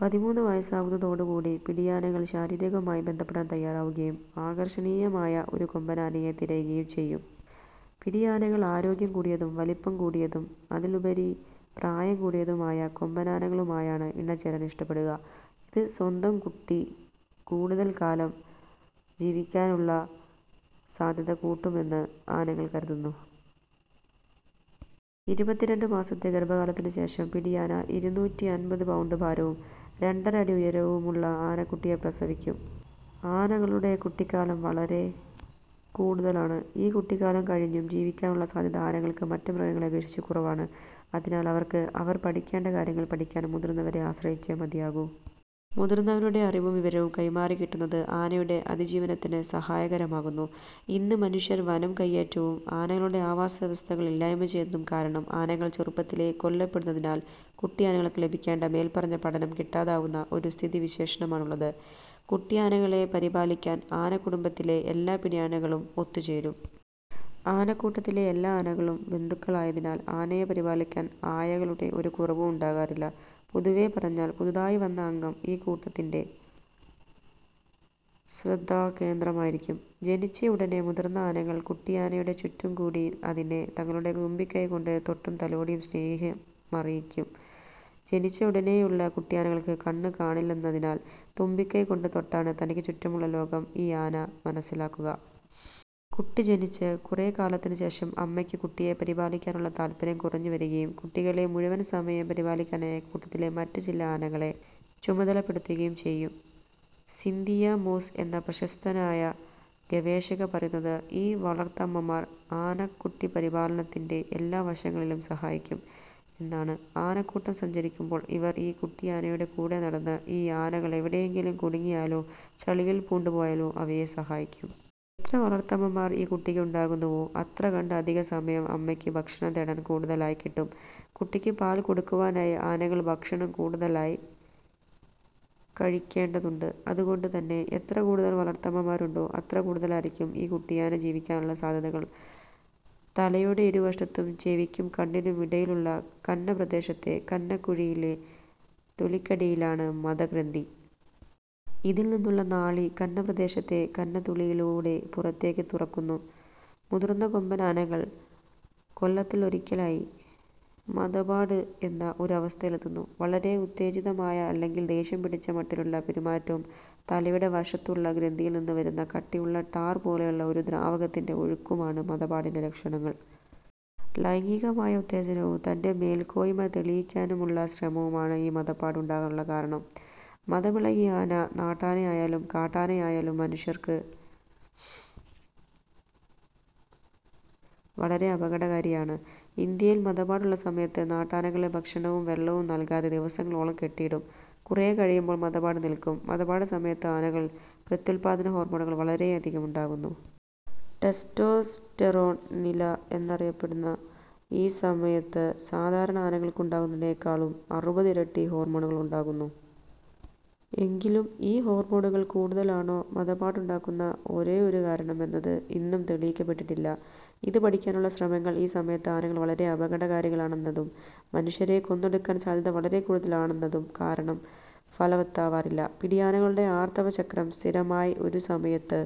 പതിമൂന്ന് വയസ്സാകുന്നതോട് കൂടി പിടിയാനകൾ ശാരീരികമായി ബന്ധപ്പെടാൻ തയ്യാറാവുകയും, ആകർഷണീയമായ ഒരു കൊമ്പനാനയെ തിരയുകയും ചെയ്യും. പിടിയാനകൾ ആരോഗ്യം കൂടിയതും, വലിപ്പം കൂടിയതും, അതിലുമുപരി പ്രായം കൂടിയതുമായ കൊമ്പനാനകളുമായാണ് ഇണചേരാൻ ഇഷ്ടപ്പെടുക. ഇത് സ്വന്തം കുട്ടി, കൂടുതൽ കാലം ജീവിക്കാനുള്ള സാധ്യത കൂട്ടുമെന്ന് ആനകൾ കരുതുന്നു. ഇരുപത്തി രണ്ട് മാസത്തെ ഗർഭകാലത്തിനു ശേഷം, പിടിയാന ഇരുന്നൂറ്റി അൻപത് പൗണ്ട് ഭാരവും രണ്ടര അടി ഉയരവും ഉള്ള ആനക്കുട്ടിയെ പ്രസവിക്കും. ആനകളുടെ കുട്ടിക്കാലം വളരെ കൂടുതലാണ്. ഈ കുട്ടിക്കാലം കഴിഞ്ഞും ജീവിക്കാനുള്ള സാധ്യത ആനകൾക്ക് മറ്റ് മൃഗങ്ങളെ അപേക്ഷിച്ച് കുറവാണ്. അതിനാൽ, അവർക്ക് അവർ പഠിക്കേണ്ട കാര്യങ്ങൾ പഠിക്കാൻ മുതിർന്നവരെ ആശ്രയിച്ചേ മതിയാകൂ. മുതിർന്നവരുടെ അറിവും വിവരവും കൈമാറി കിട്ടുന്നത് ആനയുടെ അതിജീവനത്തിന് സഹായകരമാകുന്നു. ഇന്ന് മനുഷ്യർ വനം കയ്യേറ്റവും, ആനകളുടെ ആവാസവ്യവസ്ഥകൾ ഇല്ലായ്മ ചെയ്യുന്നതും കാരണം ആനകൾ ചെറുപ്പത്തിലേ കൊല്ലപ്പെടുന്നതിനാൽ കുട്ടിയാനകൾക്ക് ലഭിക്കേണ്ട മേൽപ്പറഞ്ഞ പഠനം കിട്ടാതാവുന്ന ഒരു സ്ഥിതിവിശേഷമാണുള്ളത്. കുട്ടിയാനകളെ പരിപാലിക്കാൻ ആനക്കുടുംബത്തിലെ എല്ലാ പിടിയാനകളും ഒത്ത് ചേരും. ആനക്കൂട്ടത്തിലെ എല്ലാ ആനകളും ബന്ധുക്കളായതിനാൽ ആനയെ പരിപാലിക്കാൻ ആയകളുടെ ഒരു കുറവും ഉണ്ടാകാറില്ല. പൊതുവേ പറഞ്ഞാൽ, പുതുതായി വന്ന അംഗം ഈ കൂട്ടത്തിന്റെ ശ്രദ്ധാകേന്ദ്രമായിരിക്കും. ജനിച്ചയുടെനെ മുതിർന്ന ആനകൾ കുട്ടിയാനയുടെ ചുറ്റുംകൂടി അതിനെ തങ്ങളുടെ തുമ്പിക്കൈ കൊണ്ട് തൊട്ടും തലോടിയും സ്നേഹമറിയിക്കും. ജനിച്ചയുടെനേയുള്ള കുട്ടിയാനകൾക്ക് കണ്ണ് കാണില്ലെന്നതിനാൽ തുമ്പിക്കൈ കൊണ്ട് തൊട്ടാണ് തനിക്ക് ചുറ്റുമുള്ള ലോകം ഈ ആന മനസ്സിലാക്കുക. കുട്ടി ജനിച്ച് കുറേക്കാലത്തിന് ശേഷം അമ്മയ്ക്ക് കുട്ടിയെ പരിപാലിക്കാനുള്ള താത്പര്യം കുറഞ്ഞ് വരികയും, കുട്ടികളെ മുഴുവൻ സമയം പരിപാലിക്കാനായി കൂട്ടത്തിലെ മറ്റ്ചില ആനകളെ ചുമതലപ്പെടുത്തുകയും ചെയ്യും. സിന്തിയ മോസ് എന്ന പ്രശസ്തയായ ഗവേഷക പറയുന്നത് ഈ വളർത്തമ്മമാർ ആനക്കുട്ടിപരിപാലനത്തിന്റെ എല്ലാ വശങ്ങളിലും സഹായിക്കും എന്നാണ്. ആനക്കൂട്ടം സഞ്ചരിക്കുമ്പോൾ, ഇവർ ഈ കുട്ടിയാനയുടെ കൂടെ നടന്ന്, ഈ ആനകൾ എവിടെയെങ്കിലും കുടുങ്ങിയാലോ ചളിയിൽ പൂണ്ട് പോയാലോ അവയെ സഹായിക്കും. എത്ര വളർത്തമ്മമാർ ഈ കുട്ടിക്ക് ഉണ്ടാകുന്നുവോ അത്രകണ്ട് അധികസമയം അമ്മയ്ക്ക് ഭക്ഷണം തേടാൻ കൂടുതലായി കിട്ടും. കുട്ടിക്ക് പാൽ കൊടുക്കുവാനായി ആനകൾ ഭക്ഷണം കൂടുതലായി കഴിക്കേണ്ടതുണ്ട്. അത് കൊണ്ട് തന്നെ എത്ര കൂടുതൽ വളർത്തമ്മമാരുണ്ടോ അത്ര കൂടുതലായിരിക്കും ഈ കുട്ടിയാന ജീവിക്കാനുള്ള സാധ്യതകൾ. തലയുടെ ഇരുവശത്തും ചെവിയ്ക്കും കണ്ണിനും ഇടയിലുള്ള കന്നപ്രദേശത്തെ കന്നക്കുഴിയിലെ തൊലിക്കടിയിലാണ് മദഗ്രന്ഥി. ഇതിൽ നിന്നുള്ള നാളി കന്നപ്രദേശത്തെ കന്നത്തുളയിലൂടെ പുറത്തേക്ക് തുറക്കുന്നു. മുതിർന്ന കൊമ്പനാനകൾ കൊല്ലത്തിലൊരിക്കലായി മദപ്പാട് എന്ന ഒരു അവസ്ഥയിലെത്തുന്നു. വളരെ ഉത്തേജിതമായ അല്ലെങ്കിൽ ദേഷ്യം പിടിച്ച മട്ടിലുള്ള പെരുമാറ്റവും തലയുടെ വശത്തുള്ള ഗ്രന്ഥിയിൽ നിന്ന് വരുന്ന കട്ടിയുള്ള ടാർ പോലെയുള്ള ഒരു ദ്രാവകത്തിന്റെ ഒഴുക്കുമാണ് മദപ്പാടിന്റെ ലക്ഷണങ്ങൾ. ലൈംഗികമായ ഉത്തേജനവും തന്റെ മേൽക്കോയ്മ തെളിയിക്കാനുമുള്ള ശ്രമവും ആണ് ഈ മദപ്പാട് ഉണ്ടാകാനുള്ള കാരണം. മദമിളകിയ ആന, നാട്ടാനയായാലും കാട്ടാനയായാലും മനുഷ്യർക്ക് വളരെ അപകടകാരിയാണ്. ഇന്ത്യയിൽ മദപ്പാടുള്ള സമയത്ത് നാട്ടാനകളെ ഭക്ഷണവും വെള്ളവും നൽകാതെ ദിവസങ്ങളോളം കെട്ടിയിടും. കുറേ കഴിയുമ്പോൾ മദപ്പാട് നിൽക്കും. മദപ്പാട് സമയത്ത് ആനകളിൽ പ്രത്യുത്പാദന ഹോർമോണുകൾ വളരെയധികം ഉണ്ടാകുന്നു. ടെസ്റ്റ്രോസ്റ്റെറോൺ നില എന്നറിയപ്പെടുന്ന ഈ സമയത്ത് സാധാരണ ആനകൾക്കുണ്ടാകുന്നതിനേക്കാളും അറുപത് ഇരട്ടി ഹോർമോണുകൾ ഉണ്ടാകുന്നു. എങ്കിലും ഈ ഹോർമോണുകൾ കൂടുന്നതാണോ മദപ്പാടുണ്ടാക്കുന്ന ഒരേയൊരു കാരണം എന്നത് ഇന്നും തെളിയിക്കപ്പെട്ടിട്ടില്ല. ഇത് പഠിക്കാനുള്ള ശ്രമങ്ങൾ ഈ സമയത്ത് ആനകൾ വളരെ അപകടകാരികളാണെന്നതും മനുഷ്യരെ കൊന്നൊടുക്കാൻ സാധ്യത വളരെക്കൂടുതൽ ആണെന്നതും കാരണം ഫലവത്താവാറില്ല. പിടിയാനകളുടെ ആർത്തവചക്രം സ്ഥിരമായി ഒരു സമയത്ത്